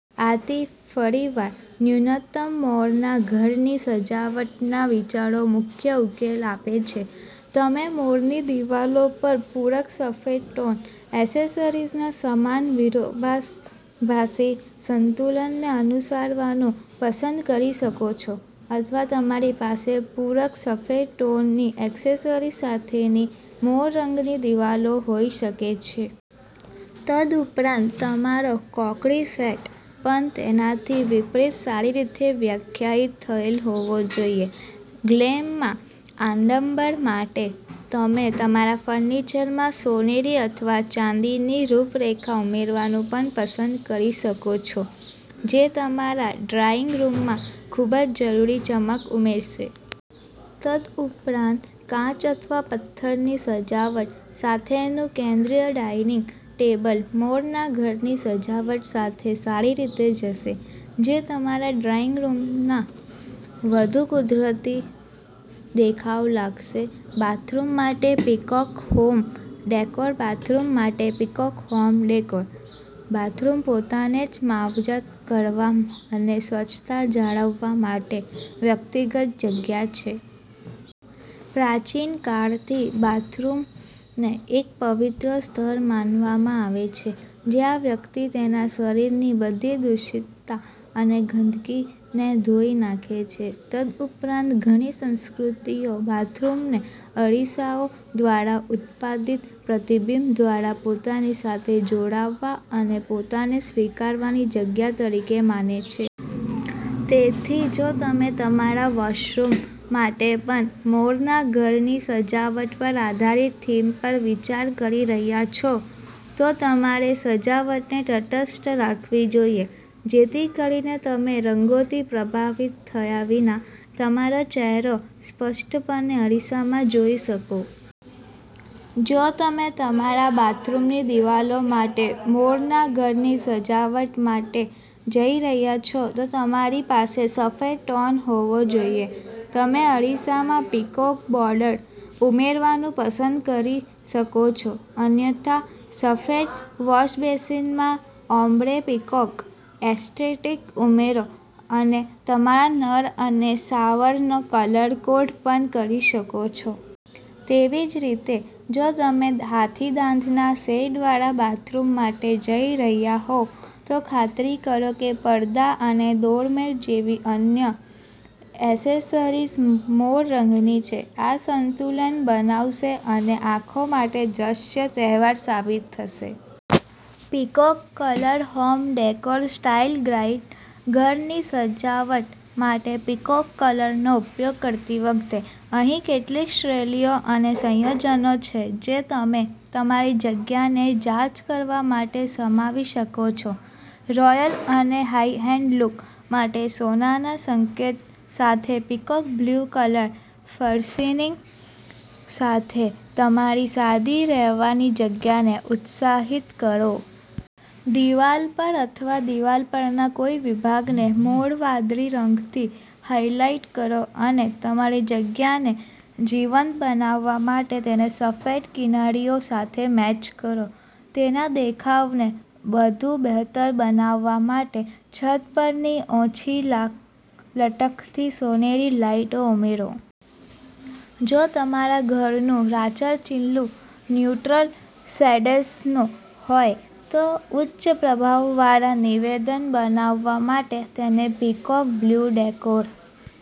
આથી, ફરીવાર, ન્યૂનતમ મોરના ઘરની સજાવટના વિચારો મુખ્ય ઉકેલ આપે છે. તમે મોરની દિવાલો અને પૂરક સફેદ ટોન એસેસરીઝના સમાન વિરોધાભાસી સંતુલનને અનુસરવાનું પસંદ કરી શકો છો અથવા તમારી પાસે પૂરક સફેદ ટોનની એસેસરીઝ સાથેની મોર રંગની દિવાલો હોઈ શકે છે. તદુપરાંત, તમારો ક્રોકરી સેટ પણ તેનાથી વિપરીત સારી રીતે વ્યાખ્યાયિત થયેલ હોવો જોઈએ. ગ્લેમના આડંબર માટે, તમે તમારા ફર્નિચરમાં સોનેરી અથવા ચાંદીની રૂપરેખા ઉમેરવાનું પણ પસંદ કરી શકો છો જે તમારા ડાઇનિંગ રૂમમાં ખૂબજરૂરી ચમક ઉમેરશે. તદુપરાંત, કાચ અથવા પથ્થરની સજાવટ સાથેનું કેન્દ્રિય ડાઇનિંગ ટેબલ મોરના ઘરની સજાવટ સાથે સારી રીતે જશે, જે તમારા ડાઇનિંગ રૂમમાં વધુ કુદરતી દેખાવ લાવશે. બાથરૂમ માટે પીકોક હોમ ડેકોર બાથરૂમ માટે પીકોક હોમ ડેકોર બાથરૂમ પોતાને માવજત કરવા અને સ્વચ્છતા જાળવવા માટેની વ્યક્તિગત જગ્યા છે. પ્રાચીન કાળથી, બાથરૂમને એક પવિત્ર સ્થળ માનવામાં આવે છે જ્યાં વ્યક્તિ તેના શરીરની બધી દૂષિતતા અને ગંદકીને ધોઈ નાખે છે. તદુપરાંત, ઘણી સંસ્કૃતિઓ બાથરૂમને અરીસાઓ દ્વારા ઉત્પાદિત પ્રતિબિંબ દ્વારા પોતાની સાથે જોડાવા અને પોતાને સ્વીકારવાની જગ્યા તરીકે માને છે. તેથી, જો તમે તમારા વૉશરૂમ માટે પણ મોરનાં ઘરની સજાવટ પર આધારિત થીમ પર વિચાર કરી રહ્યાં છો, તો તમારે સજાવટને તટસ્થ રાખવી જોઈએ જેથી કરીને તમે રંગોથી પ્રભાવિત થયા વિના તમારો ચહેરો સ્પષ્ટપણે અરીસામાં જોઈ શકો. જો તમે તમારા બાથરૂમની દિવાલો માટે મોરનાં ઘરની સજાવટ માટે જઈ રહ્યાં છો, તો તમારી પાસે સફેદ ટોન હોવો જોઈએ. તમે અરીસામાં પીકોક બોર્ડર્સ ઉમેરવાનું પસંદ કરી શકો છો, અન્યથા સફેદ વૉશબેસિનમાં ઓમ્બ્રે પીકોક એસ્થેટિક ઉમેરો અને તમારા નળ અને શાવરને કલર-કોડ પણ કરી શકો છો. તેવીરીતે, જો તમે હાથીદાંતના શેડવાળા બાથરૂમ માટે જઈ રહ્યાં હોવ, તો ખાતરી કરો કે પડદા અને ડોરમેટ જેવી અન્ય એસેસરીઝ મોર રંગની છે. આ સંતુલન બનાવશે અને આંખો માટે દ્રશ્ય તહેવાર સાબિત થશે. Peacock colour home decor style guide ઘરની સજાવટ માટે પીકોક કલરનો ઉપયોગ કરતી વખતે, અહીં કેટલીક શૈલીઓ અને સંયોજનો છે જે તમે તમારી જગ્યાને જાઝ કરવા માટે સમાવી શકો છો. રોયલ અને હાઇ-એન્ડ લુક માટે સોનાના સંકેત સાથે પીકોક બ્લુ કલર ફર્નિશિંગ સાથે તમારી સાદી રહેવાની જગ્યાને ઉત્સાહિત કરો. દિવાલ પર અથવા દિવાલ પરના કોઈ વિભાગને મોર વાદળી રંગથી હાઇલાઇટ કરો અને તમારી જગ્યાને જીવંત બનાવવા માટે તેને સફેદ કિનારીઓ સાથે મેચ કરો. તેના દેખાવને વધુ બહેતર બનાવવા માટે છત પરથી ઓછી લટકતી સોનેરી લાઇટો ઉમેરો. જો તમારા ઘરનું રાચરચીલું ન્યુટ્રલ શેડ્સનું હોય, તો ઉચ્ચ પ્રભાવવાળા નિવેદન બનાવવા માટે તેને પીકોક બ્લુ ડેકોર